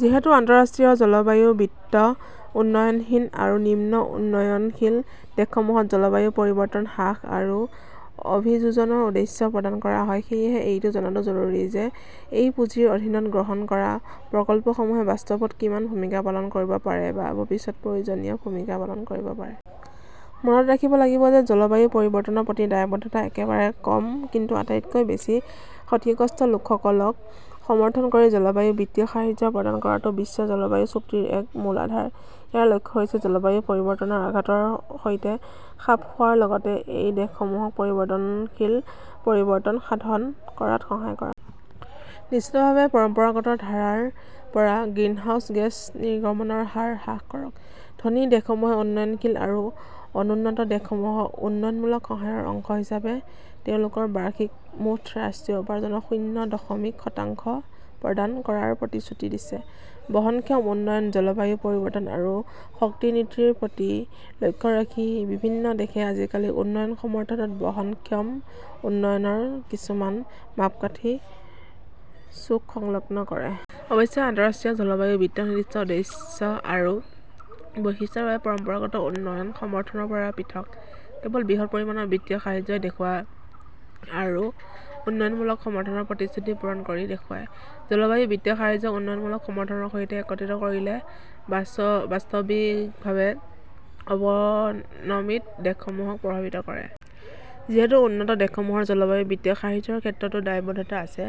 যিহেতু আন্তঃৰাষ্ট্ৰীয় জলবায়ু বিত্ত উন্নয়নহীন আৰু নিম্ন উন্নয়নশীল দেশসমূহত জলবায়ু পৰিৱৰ্তন হ্ৰাস আৰু অভিযোজনৰ উদ্দেশ্যে প্ৰদান কৰা হয়, সেয়েহে এইটো জনাটো জৰুৰী যে এই পুঁজিৰ অধীনত গ্ৰহণ কৰা প্ৰকল্পসমূহে বাস্তৱত কিমান ভূমিকা পালন কৰিব পাৰে বা ভৱিষ্যতে প্ৰয়োজনীয় ভূমিকা পালন কৰিব পাৰে। মনত ৰাখিব লাগিব যে জলবায়ু পৰিৱৰ্তনৰ প্ৰতি দায়বদ্ধতা একেবাৰে কম কিন্তু আটাইতকৈ বেছি ক্ষতিগ্ৰস্ত লোকসকলক সমৰ্থন কৰি জলবায়ু বিত্তীয় সাহায্য প্ৰদান কৰাটো বিশ্ব জলবায়ু চুক্তিৰ এক মূল আধাৰ। ইয়াৰ লক্ষ্য হৈছে জলবায়ু পৰিৱৰ্তনৰ আঘাতৰ সৈতে খাপ খোৱাৰ লগতে এই দেশসমূহক পৰিৱৰ্তনশীল পৰিৱৰ্তন সাধন কৰাত সহায় কৰা। নিশ্চিতভাৱে পৰম্পৰাগত ধাৰাৰ পৰা গ্ৰিনহাউজ গেছ নিৰ্গমনৰ হাৰ হ্ৰাস কৰক। ধনী দেশসমূহে উন্নয়নশীল আৰু অনুন্নত দেশসমূহক উন্নয়নমূলক সহায়ৰ অংশ হিচাপে তেওঁলোকৰ বাৰ্ষিক মুঠ ৰাষ্ট্ৰীয় উপাৰ্জনৰ শূন্য দশমিক শতাংশ প্ৰদান কৰাৰ প্ৰতিশ্ৰুতি দিছে। বহনক্ষম উন্নয়ন, জলবায়ু পৰিৱৰ্তন আৰু শক্তি নীতিৰ প্ৰতি লক্ষ্য ৰাখি বিভিন্ন দেশে আজিকালি উন্নয়ন সমৰ্থনত বহনক্ষম উন্নয়নৰ কিছুমান মাপকাঠি ূচক সংলগ্ন কৰে। অৱশ্যে, আন্তঃৰাষ্ট্ৰীয় জলবায়ু বিত্ত নিৰ্দিষ্ট উদ্দেশ্য আৰু বৈশিষ্ট্যৰ বাবে পৰম্পৰাগত উন্নয়ন সমৰ্থনৰ পৰা পৃথক। কেৱল বৃহৎ পৰিমাণৰ বিত্তীয় সাহায্য দেখুৱাই আৰু উন্নয়নমূলক সমৰ্থনৰ প্ৰতিশ্ৰুতি পূৰণ কৰি দেখুৱাই, জলবায়ু বিত্তীয় সাহায্যক উন্নয়নমূলক সমৰ্থনৰ সৈতে একত্ৰিত কৰিলে বাস্তৱিকভাৱে অৱনমিত দেশসমূহক প্ৰভাৱিত কৰে। যিহেতু উন্নত দেশসমূহৰ জলবায়ু বিত্তীয় সাহায্যৰ ক্ষেত্ৰতো দায়বদ্ধতা আছে;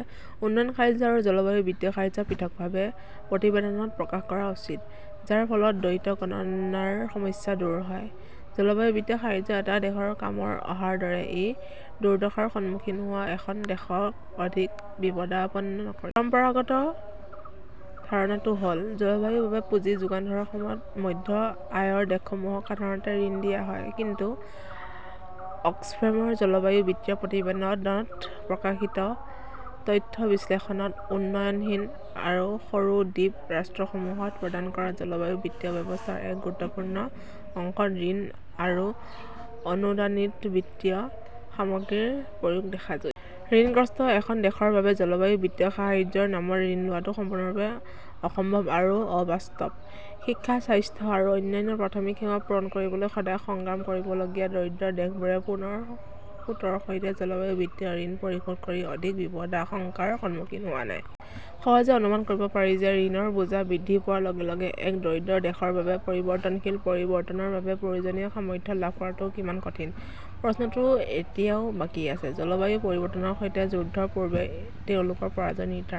উন্নয়ন সাহায্য আৰু জলবায়ু বিত্তীয় সাহায্য পৃথকভাৱে প্ৰতিবেদনত প্ৰকাশ কৰা উচিত, যাৰ ফলত দ্বৈত গণনাৰ সমস্যা দূৰ হয়। জলবায়ু বিত্তীয় সাহায্য এটা দেশৰ কামত অহাৰ দৰে, ই দুৰ্দশাৰ সন্মুখীন হোৱা এখন দেশক অধিক বিপদাপন্ন নকৰিব। পৰম্পৰাগত ধাৰণাটো হ 'ল জলবায়ুৰ বাবে পুঁজি যোগান ধৰাৰ সময়ত মধ্য-আয়ৰ দেশসমূহক সাধাৰণতে' ঋণ "দিয়া হয়। কিন্তু অক্সফেমৰ 'জলবায়ু বিত্তীয় প্ৰতিবেদন ' ত প্ৰকাশিত তথ্য বিশ্লেষণত, উন্নয়নহীন আৰু সৰু দ্বীপ ৰাষ্ট্ৰসমূহত প্ৰদান কৰা জলবায়ু বিত্তীয় ব্যৱস্থাৰ এক গুৰুত্বপূৰ্ণ অংশ ত 'ঋণ' আৰু 'অ-অনুদানিত' বিত্তীয় সামগ্ৰীৰ প্ৰয়োগ দেখা গৈছে। ঋণগ্ৰস্ত এখন দেশৰ বাবে জলবায়ু বিত্তীয় সাহায্যৰ নামত ঋণ লোৱাটো সম্পূৰ্ণৰূপে অসম্ভৱ আৰু অবাস্তৱ। শিক্ষা, স্বাস্থ্য আৰু অন্যান্য প্ৰাথমিক সেৱা পূৰণ কৰিবলৈ সদায় সংগ্ৰাম কৰিবলগীয়া দৰিদ্ৰ দেশবোৰে পুনৰ সুতৰ সৈতে জলবায়ু বিত্তীয় ঋণ পৰিশোধ কৰি অধিক বিপদাশংকাৰ সন্মুখীন হোৱা নাই! সহজে অনুমান কৰিব পাৰি যে ঋণৰ বোজা বৃদ্ধি পোৱাৰ লগে লগে এক দৰিদ্ৰ দেশৰ বাবে পৰিৱৰ্তনশীল পৰিৱৰ্তনৰ বাবে প্ৰয়োজনীয় সামৰ্থ্য লাভ কৰাটো কিমান কঠিন। প্ৰশ্নটো এতিয়াও বাকী আছে, জলবায়ু পৰিৱৰ্তনৰ সৈতে যুদ্ধৰ পূৰ্বে তেওঁলোকৰ পৰাজয় নিৰ্ধাৰণ